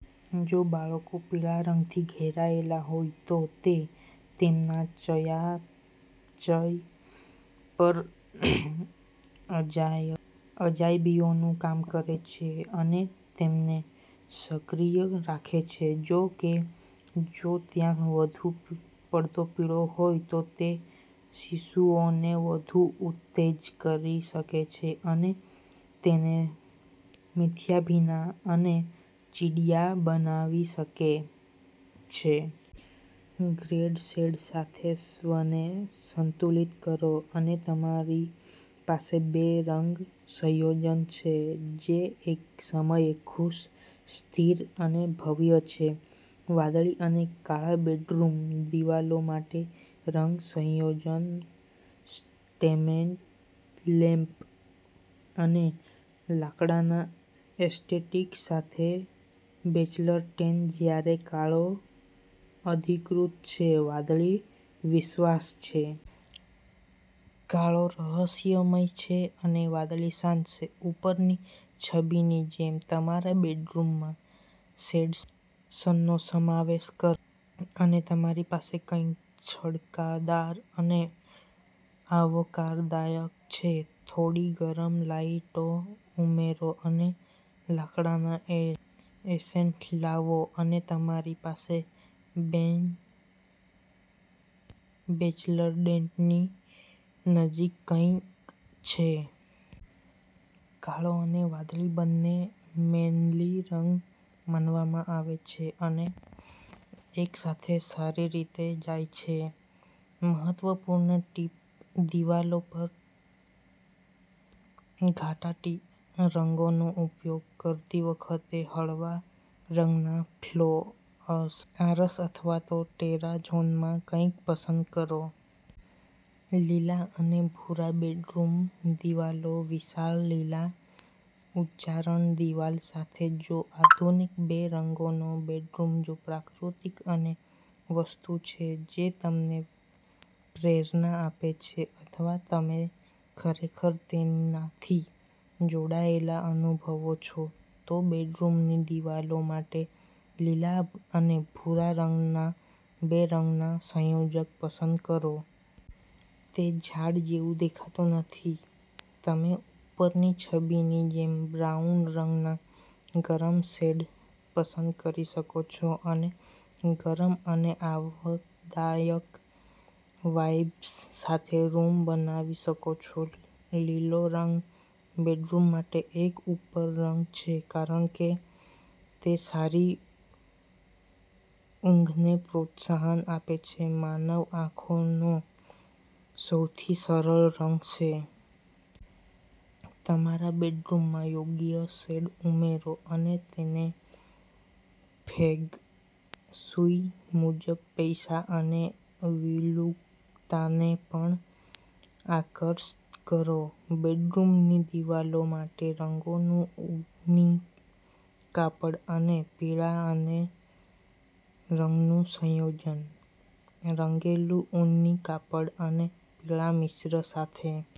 જો બાળકો પીળા રંગથી ઘેરાયેલા હોય, તો તે તેમના ચયાચય પર અજાયબીઓનું કામ કરે છે અને તેમને સક્રિય રાખે છે. જો કે, જો ત્યાં વધુ પડતો પીળો હોય, તો તે શિશુઓને વધુ ઉત્તેજ કરી શકે છે અને તેને મિથ્યાભિના અને ચીડિયા બનાવી શકે છે. ગ્રેના શેડ સાથે સ્વરને સંતુલિત કરો, અને તમારી પાસે બે રંગ સંયોજન છે જે એકસમયે ખુશ, સ્થિર અને ભવ્ય છે. વાદળી અને કાળો બેડરૂમ દિવાલો માટે રંગ સંયોજન સ્ટેટમેન્ટ લેમ્પ અને લાકડાના એસ્ટેટિક્સ સાથે બેચલર ડેન જ્યારે કાળો અધિકૃત છે, વાદળી વિશ્વાસ છે. કાળો રહસ્યમય છે, અને વાદળી શાંત છે. ઉપરની છબીની જેમ તમારા બેડરૂમમાં શેડ્સનો સમાવેશ કરો. અને તમારી પાસે કંઈક છટાદાર અને આવકારદાયક છે. થોડી ગરમ લાઇટો ઉમેરો અને લાકડાના એસેન્સ લાવો, અને તમારી પાસે બેચલર ડેનની નજીક કંઈક છે. કાળો અને વાદળી બંનેને મેનલી રંગ માનવામાં આવે છે અને એકસાથે સારી રીતે જાય છે. મહત્વપૂર્ણ ટીપ દિવાલો પર ઘાટા રંગનો ઉપયોગ કરતી વખતે, હળવા રંગના ફ્લોર, આરસ અથવા તો ટેરાઝોમાં કંઈક પસંદ કરો. લીલા અને ભૂરા બેડરૂમ દિવાલો વિશાળ લીલા ઉચ્ચારણ દિવાલ સાથેનો આધુનિક બે રંગનો બેડરૂમ જો પ્રકૃતિ એવી વસ્તુ છે જે તમને પ્રેરણા આપે છે, અથવા તમે ખરેખર તેનાથી જોડાયેલા અનુભવો છો, તો બેડરૂમની દિવાલો માટે લીલા અને ભૂરા રંગના બે રંગના સંયોજનને પસંદ કરો. તે ઝાડ જેવું દેખાતું નથી. તમે ઉપરની છબીની જેમ બ્રાઉન રંગના ગરમ શેડ્સ પસંદ કરી શકો છો અને ગરમ અને આવકારદાયક વાઇબ્સ સાથે રૂમ બનાવી શકો છો. લીલો રંગ બેડરૂમ માટે એક ઉત્તમ રંગ છે કારણ કે તે સારી ઊંઘને પ્રોત્સાહન આપે છે, માનવ આંખનો સૌથી સરળ રંગ છે. તમારા બેડરૂમમાં યોગ્ય શેડ ઉમેરો, અને તમે ફેંગ શુઇ મુજબ પૈસા અને વિપુલતાને પણ આકર્ષિત કરો. બેડરૂમની દિવાલો માટે રંગેલું ઊની કાપડ અને પીળા બે રંગનું સંયોજન. રંગેલું ઊની કાપડ અને પીળા મિશ્ર સાથે